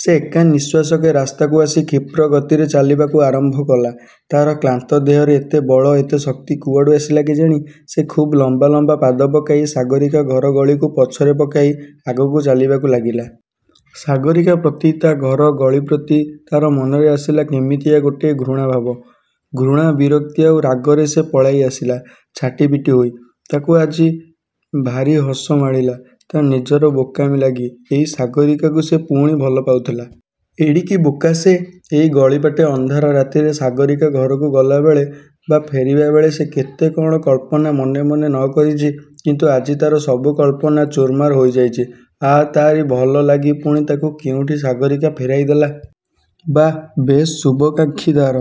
ସେ ଏକା ନିଃଶ୍ୱାସକେ ରାସ୍ତାକୁ ଆସି କ୍ଷିପ୍ର ଗତିରେ ଚାଲିବାକୁ ଆରମ୍ଭ କଲା। ତା'ର କ୍ଳାନ୍ତ ଦେହରେ ଏତେ ବଳ, ଏତେ ଶକ୍ତି କୁଆଡ଼ୁ ଆସିଲା କେଜାଣି; ସେ ଖୁବ୍ ଲମ୍ବା ଲମ୍ବା ପାଦ ପକାଇ ସାଗରୀକା ଘର ଗଳିକୁ ପଛରେ ପକାଇ ଆଗକୁ ଚାଲିବାକୁ ଲାଗିଲା। ସାଗରୀକା ପ୍ରତି, ତା' ଘର ଗଳି ପ୍ରତି, ତା'ର ମନରେ ଆସିଲା କେମିତିଆ ଗୋଟାଏ ଘୃଣାଭାବ। ଘୃଣା, ବିରକ୍ତି ଆଉ ରାଗରେ ସେ ପଳାଇ ଆସିଲା; ଛାଟିପିଟି ହୋଇ। ତାକୁ ଆଜି ଭାରୀ ହସ ମାଡ଼ିଲା; ତା' ନିଜର ବୋକାମି ଲାଗି। ଏଇ ସାଗରୀକାକୁ ସେ ପୁଣି ଭଲ ପାଉଥିଲା। ଏଡ଼ିକି ବୋକା ସେ। ଏଇ ଗଳିବାଟେ ଅନ୍ଧାର ରାତିରେ ସାଗରୀକା ଘରକୁ ଗଲାବେଳେ ବା ଫେରିଲାବେଳେ ସେ କେତେ କ'ଣ କଳ୍ପନା ମନେମନେ ନ କରିଛି। କିନ୍ତୁ ଆଜି ତା'ର ସବୁ କଳ୍ପନା ଚୂରମାର ହୋଇଯାଇଛି। ଆଃ–ତାରି ଭଲ ଲାଗି ପୁଣି ତାକୁ କୋଉଠି ସାଗରୀକା ଫେରାଇ ଦେଲା। ବାଃ–ବେଶ୍ ଶୁଭକାଂକ୍ଷୀ ତା'ର।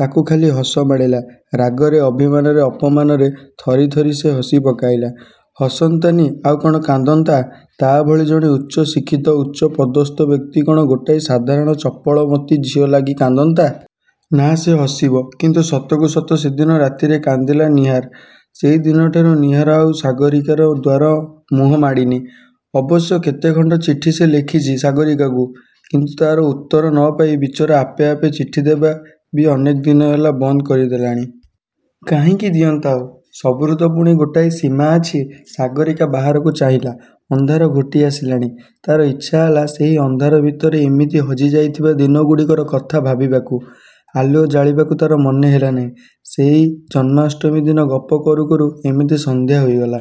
ତାକୁ ଖାଲି ହସ ମାଡ଼ିଲା। ରାଗରେ ଅଭିମାନରେ ଅପମାନରେ, ଥରି ଥରି ସେ ହସି ପକାଇଲା। ହସନ୍ତାନି ଆଉ କ'ଣ କାନ୍ଦନ୍ତା। ତା'ଭଳି ଜଣେ ଉଚ୍ଚ ଶିକ୍ଷିତ, ଉଚ୍ଚ ପଦସ୍ଥ ବ୍ୟକ୍ତି କ'ଣ ଗୋଟାଏ ସାଧାରଣ ଚପଳ ମତି ଝିଅ ଲାଗି କାନ୍ଦନ୍ତା? ନା–ସେ ହସିବ। କିନ୍ତୁ ସତକୁ ସତ ସେଦିନ ରାତିରେ କାନ୍ଦିଲା ନୀହାର। ସେଇ ଦିନଠାରୁ ନୀହାର ଆଉ ସାଗରୀକାର ଦ୍ୱାର ମୁହଁ ମାଡ଼ିନି। ଅବଶ୍ୟ କେତେ ଖଣ୍ଡ ଚିଠି ସେ ଲେଖିଛି ସାଗରୀକାକୁ। କିନ୍ତୁ ତା'ର ଉତ୍ତର ନ ପାଇ ବିଚାରା ଆପେ ଆପେ ଚିଠିଦେବା ବି ଅନେକ ଦିନ ହେଲା ବନ୍ଦ କରି ଦେଲାଣି। କାହିଁକି ଦିଅନ୍ତା ଆଉ? ସବୁର ତ ପୁଣି ଗୋଟାଏ ସୀମା ଅଛି? ସାଗରୀକା ବାହାରକୁ ଚାହିଁଲା। ଅନ୍ଧାର ଘୋଟି ଆସିଲାଣି। ତା'ର ଇଚ୍ଛା ହେଲା ସେଇ ଅନ୍ଧାର ଭିତରେ ଇମିତି ହଜି ଯାଇଥିବା ଦିନଗୁଡ଼ିକର କଥା ଭାବିବାକୁ। ଆଲୁଅ ଜାଳିବାକୁ ତା'ର ମନ ହେଲାନାଇଁ। ସେଇ ଜନ୍ମାଷ୍ଟମୀ ଦିନ ଗପ କରୁ କରୁ ଏମିତି ସନ୍ଧ୍ୟା ହୋଇଗଲା।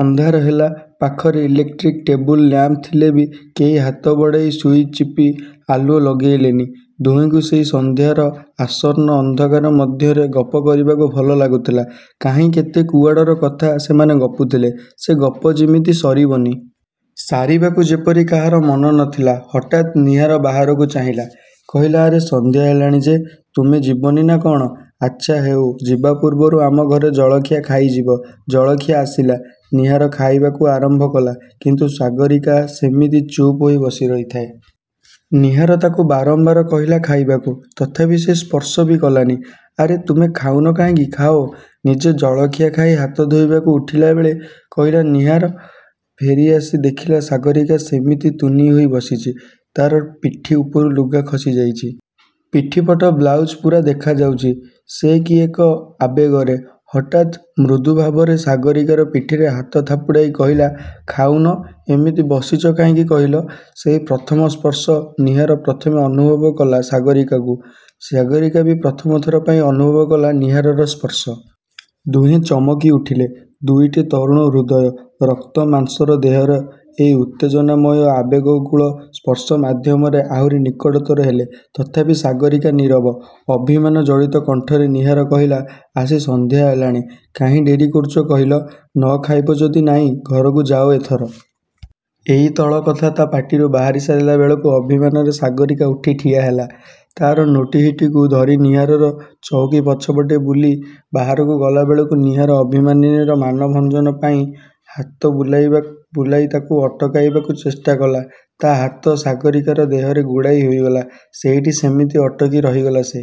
ଅନ୍ଧାର ହେଲା। ପାଖରେ ଇଲେକ୍ଟ୍ରିକ୍ ଟେବୁଲ୍ ଲ୍ୟାମ୍ପ ଥିଲେ ବି କେହି ହାତ ବଢ଼ାଇ ସୁଇଚ୍ ଟିପି ଆଲୁଅ ଲଗେଇଲେନି। ଦୁହିଁଙ୍କୁ ସେହି ସନ୍ଧ୍ୟାର ଆସନ୍ନ ଅନ୍ଧକାର ମଧ୍ୟରେ ଗପ କରିବାକୁ ଭଲ ଲାଗୁଥିଲା-। କାହିଁ କେତେ କୁଆଡ଼ର। କଥା ସେମାନେ ଗପୁଥିଲେ। ସେ ଗପ ଯିମିତି ସରିବନି। ସାରିବାକୁ ଯେପରି କାହାର ମନ ନଥିଲା। ହଠାତ୍ ନୀହାର ବାହାରକୁ ଚାହିଁଲା। କହିଲା–''ଆରେ ସନ୍ଧ୍ୟା ହେଲାଣି ଯେ। ତୁମେ ଯିବନି ନା କ'ଣ? '' ଆଚ୍ଛା ହେଉ–ଯିବା ପୂର୍ବରୁ ଆମଘରେ ଜଳଖିଆ ଖାଇ ଯିବ। ଜଳଖିଆ ଆସିଲା। ନୀହାର ଖାଇବାକୁ ଆରମ୍ଭ କଲା। କିନ୍ତୁ ସାଗରୀକା ସମିତି ଚୁପ୍ ହୋଇ ବସି ରହିଥାଏ। ନୀହାର ତାକୁ ବାରମ୍ବାର କହିଲା ଖାଇବାକୁ। ତଥାପି ସେ ସ୍ପର୍ଶ ବି କଲାନି-। ''ଆରେ–ତୁମେ ଖାଉନ କାହିଁକି–ଖାଅ। '' ନିଜେ ଜଳଖିଆ ଖାଇ ହାତ ଧୋଇବାକୁ ଉଠିଲାବେଳେ କହିଲା ନୀହାର। ଫେରି ଆସି ଦେଖିଲା ସାଗରୀକା ସେମିତି ତୁନି ହୋଇ ବସିଛି। ତା'ର ପିଠି ଉପରୁ ଲୁଗା ଖସି ଯାଇଛି। ପିଠିପଟ ବ୍ଲାଉଜ ପୂରା ଦେଖାଯାଉଛି। ସେ କି ଏକ ଆବେଗରେ; ହଠାତ୍ ମୃଦୁ ଭାବରେ ସାଗରୀକାର ପିଠିରେ ହାତ ଥାପୁଡ଼ାଇ କହିଲା–ଖାଉନ–ଏମିତି ବସିଛ କାହିଁକି କହିଲ? ସେଇ ପ୍ରଥମ ସ୍ପର୍ଶ। ନୀହାର ପ୍ରଥମେ ଅନୁଭବ କଲା ସାଗରୀକାକୁ–ସାଗରୀକା ବି ପ୍ରଥମ ଥର ପାଇଁ ଅନୁଭବ କଲା ନୀହାରର ସ୍ପର୍ଶ। ଦୁହେଁ ଚମକି ଉଠିଲେ। ଦୁଇଟି ତରୁଣ-ହୃଦୟ, ରକ୍ତ ମାଂସର ଦେହର ଏଇ ଉତ୍ତେଜନାମୟ ଆବେଗାକୁଳ ସ୍ପର୍ଶ ମାଧ୍ୟମରେ ଆହୁରି ନିକଟତର ହେଲେ। ତଥାପି ସାଗରୀକା ନୀରବ। ଅଭିମାନ ଜଡ଼ିତ କଣ୍ଠରେ ନୀହାର କହିଲା–''ଆସି ସନ୍ଧ୍ୟା ହେଲାଣି। କାହିଁ ଡେରି କରୁଛ କହିଲ? ନ ଖାଇବ ଯଦି ନାଇଁ ଘରକୁ ଯାଅ ଏଥର। '' ଏଇତଳ କଥା ତା' ପାଟିରୁ ବାହାରି ସାରିଲା ବେଳକୁ; ଅଭିମାନରେ ସାଗରୀକା ଉଠି ଠିଆହେଲା। ତା'ର ନୋଟ୍ବହିଟିକୁ ଧରି ନୀହାରର ଚୌକି ପଛପଟେ ବୁଲି ବାହାରକୁ ଗଲା ବେଳକୁ ନୀହାର ଅଭିମାନିନୀର ମାନଭଞ୍ଜନ ପାଇଁ ହାତ ବୁଲାଇ ତାକୁ ଅଟକାଇବାକୁ ଚେଷ୍ଟା କଲା। ତା' ହାତ ସାଗରୀକାର ଦେହରେ ଗୁଡ଼ାଇ ହୋଇଗଲା। ସେଇଠି ସେମିତି ଅଟକି ରହିଗଲା ସେ।